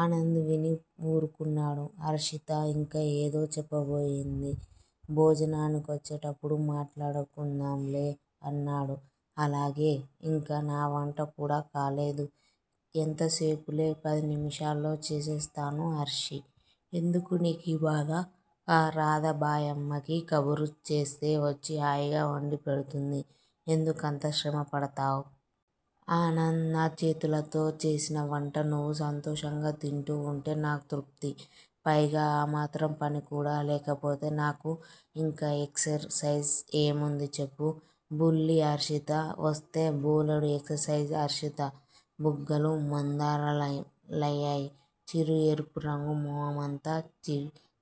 ఆనంద్ విని వూరుకున్నాడు. హర్షిత ఇంకా ఏదో చెప్పబోయింది. భోజనానికొచ్చేప్పుడు మాట్లాడుకుందాంలే అన్నాడు. అలాగే! ఇంకా నా వంట కూడా కాలేదు. ఎంత సేపులే పదినిముషాల్లో చేసేస్తాను హర్షీ! ఎందుకు నీకీబాధ,. ఆ రాధాబాయమ్మకి కబురు చేస్తే వొచ్చి హాయిగా వండి పెడుతుంది. ఎందుకంత శ్రమ పడతావ్? ఆనంద్! నాచేతులతో చేసిన వంట నువ్వు సంతోషంగా తింటూ ఉంటే నాకు తృప్తి! పైగా ఆ మాత్రం పని కూడా లేకపోతే నాకు ఇంక ఎక్సర్ సైజు ఏముంది చెప్పు? బుల్లి హర్షిత వొస్తే బోలెడు ఎక్సర్ సైజ్ హర్షిత బుగ్గలు మందారాలయ్యాయి. చిరు ఎరుపు రంగు మొహమంతా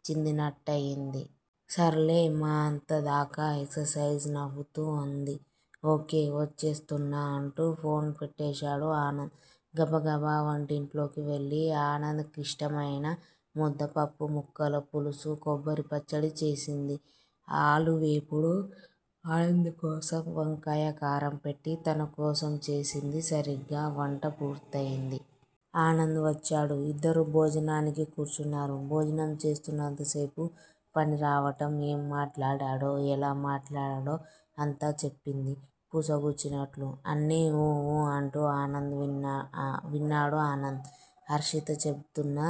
చిందినట్టయింది. సర్లే! మరి అంతదాకా ఎక్సర్ సైజ్! నవ్వుతూ అంది. ఓకే.! ఒచ్చేస్తున్నా అంటూ ఫోన్ పెట్టేశాడు ఆనంద్. గబగబా వంటింట్లోకి వెళ్ళి ఆనంద్ కిష్టమయిన ముద్దపప్పు, ముక్కల పులుసూ, కొబ్బరిపచ్చడి చేసింది. ఆలూవేపుడు ఆనంద్ కోసం, వంకాయ కారం పెట్టి తనకోసం చేసింది. సరిగ్గా వంట పూర్తయ్యింది. ఆనంద్ వచ్చాడు. ఇద్దరూ భోజనానికి కూర్చున్నారు. భోజనం చేస్తున్నంతసేపూ ఫణిరావడం, ఏం మాట్లాడాడో, ఎలా మాట్లాడాడో అంతా చెప్పింది, పూసగుచ్చినట్లు. అన్నీ 'ఊ ఊ. ' అంటూ విన్నాడు ఆనంద్! హర్షిత చెబుతున్న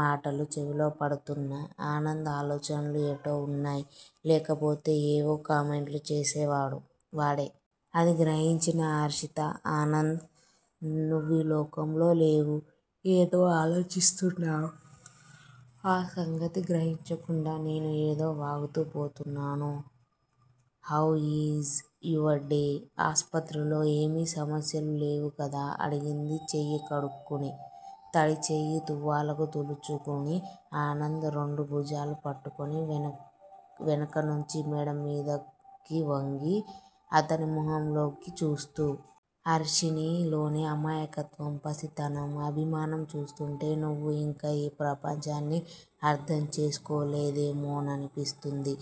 మాటలు చెవిలో పడుతూన్నా, ఆనంద్ ఆలోచనలు ఎటో ఉన్నాయి. లేకపోతే ఏవో కామెంట్లు చేసేవాడే! అది గ్రహించిన హర్షిత ఆనంద్! నువ్వీలోకంలో లేవు, ఏదో ఆలోచిస్తున్నావు. ఆ సంగతి గ్రహించకుండా నేను ఏదో వాగుతూ పోతున్నాను. How is your day! ఆసుపత్రిలో ఏమీ సమస్యలు లేవు కదా అడిగింది చెయ్యి కడుక్కుని. తడి చెయ్యి తువ్వాలుకు తుడుచుకుని ఆనంద్ రెండు భుజాలూ పట్టుకుని వెనకనుంచి మెడమీదకు వంగి, అతని మొహంలోకి చూస్తూ. హర్షీ! నీలోని అమాయకత్వం, పసితనం, అభిమానం చూస్తూంటే, నువ్వు ఇంకా ఈ ప్రపంచాన్ని అర్ధం చేసుకోలేదేమోననిపిస్తుంది.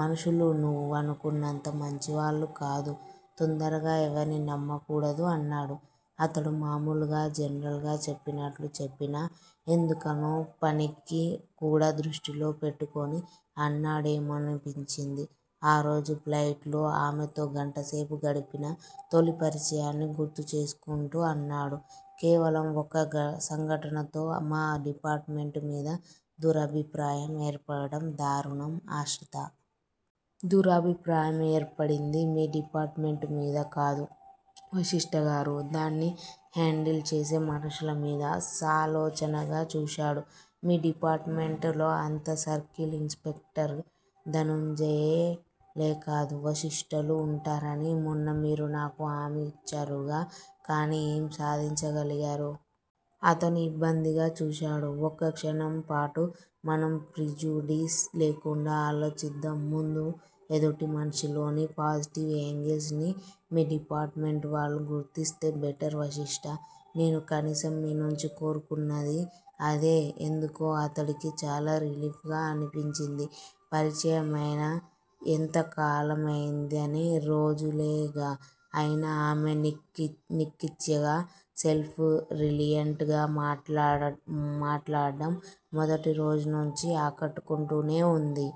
మనుషులు నువ్వనుకున్నంత మంచివాళ్ళు కాదు. తొందరగా ఎవర్నీ నమ్మకూడదు అన్నాడు. అతడు మామూలుగా జనరల్ గా చెప్పినట్లు చెప్పినా, ఎందుకనో ఫణిని కూడా దృష్టిలో పెట్టుకుని అన్నాడేమోననిపించింది. ఆ రోజు ఫ్లైట్ లో ఆమెతో గంటసేపు గడిపిన తొలి పరిచయాన్ని గుర్తుచేసుకుంటూ అన్నాడు- కేవలం ఒక్క సంఘటనతో మా డిపార్టుమెంటు మీద దురభిప్రాయం ఏర్పడటం దారుణం ఆశ్రితా! దురభిప్రాయం ఏర్పడింది మీ డిపార్టుమెంటు మీద కాదు వశిష్ట గారూ! దాన్ని హేండిల్ చేసే మనుషుల మీద సాలోచనగా చూశాడు. మీ డిపార్టుమెంట్ లో అంతా సర్కిల్ ఇన్స్ పెక్టర్ ధనుంజయలే కాదు వశిష్టలూ వుంటారని మొన్న మీరు నాకు హామీ ఇచ్చారుగా? కాని ఏం సాధించగలిగారు? అతను ఇబ్బందిగా చూశాడు. ఒక్క క్షణంపాటు మనం ప్రిజుడీస్ లేకుండా ఆలోచిద్దాం ముందు ఎదుటి మనిషిలోని పోజిటివ్ ఏంగిల్స్ ని మీ డిపార్టుమెంటు వాళ్ళు గుర్తిస్తే బెటరు వశిష్టా! నేను కనీసం మీనుంచి కోరుకున్నది అదే ఎందుకో అతడికి చాలా రిలీఫ్ గా అనిపించింది. పరిచయమై ఎంత కాలమైందని రోజులేగా అయినా ఆమె నిక్కచ్చిగా సెల్ఫ్ రెలియంట్ గా మాట్లాడ్డం మొదటి రోజునుంచీ ఆకట్టుకుంటూనే వుంది.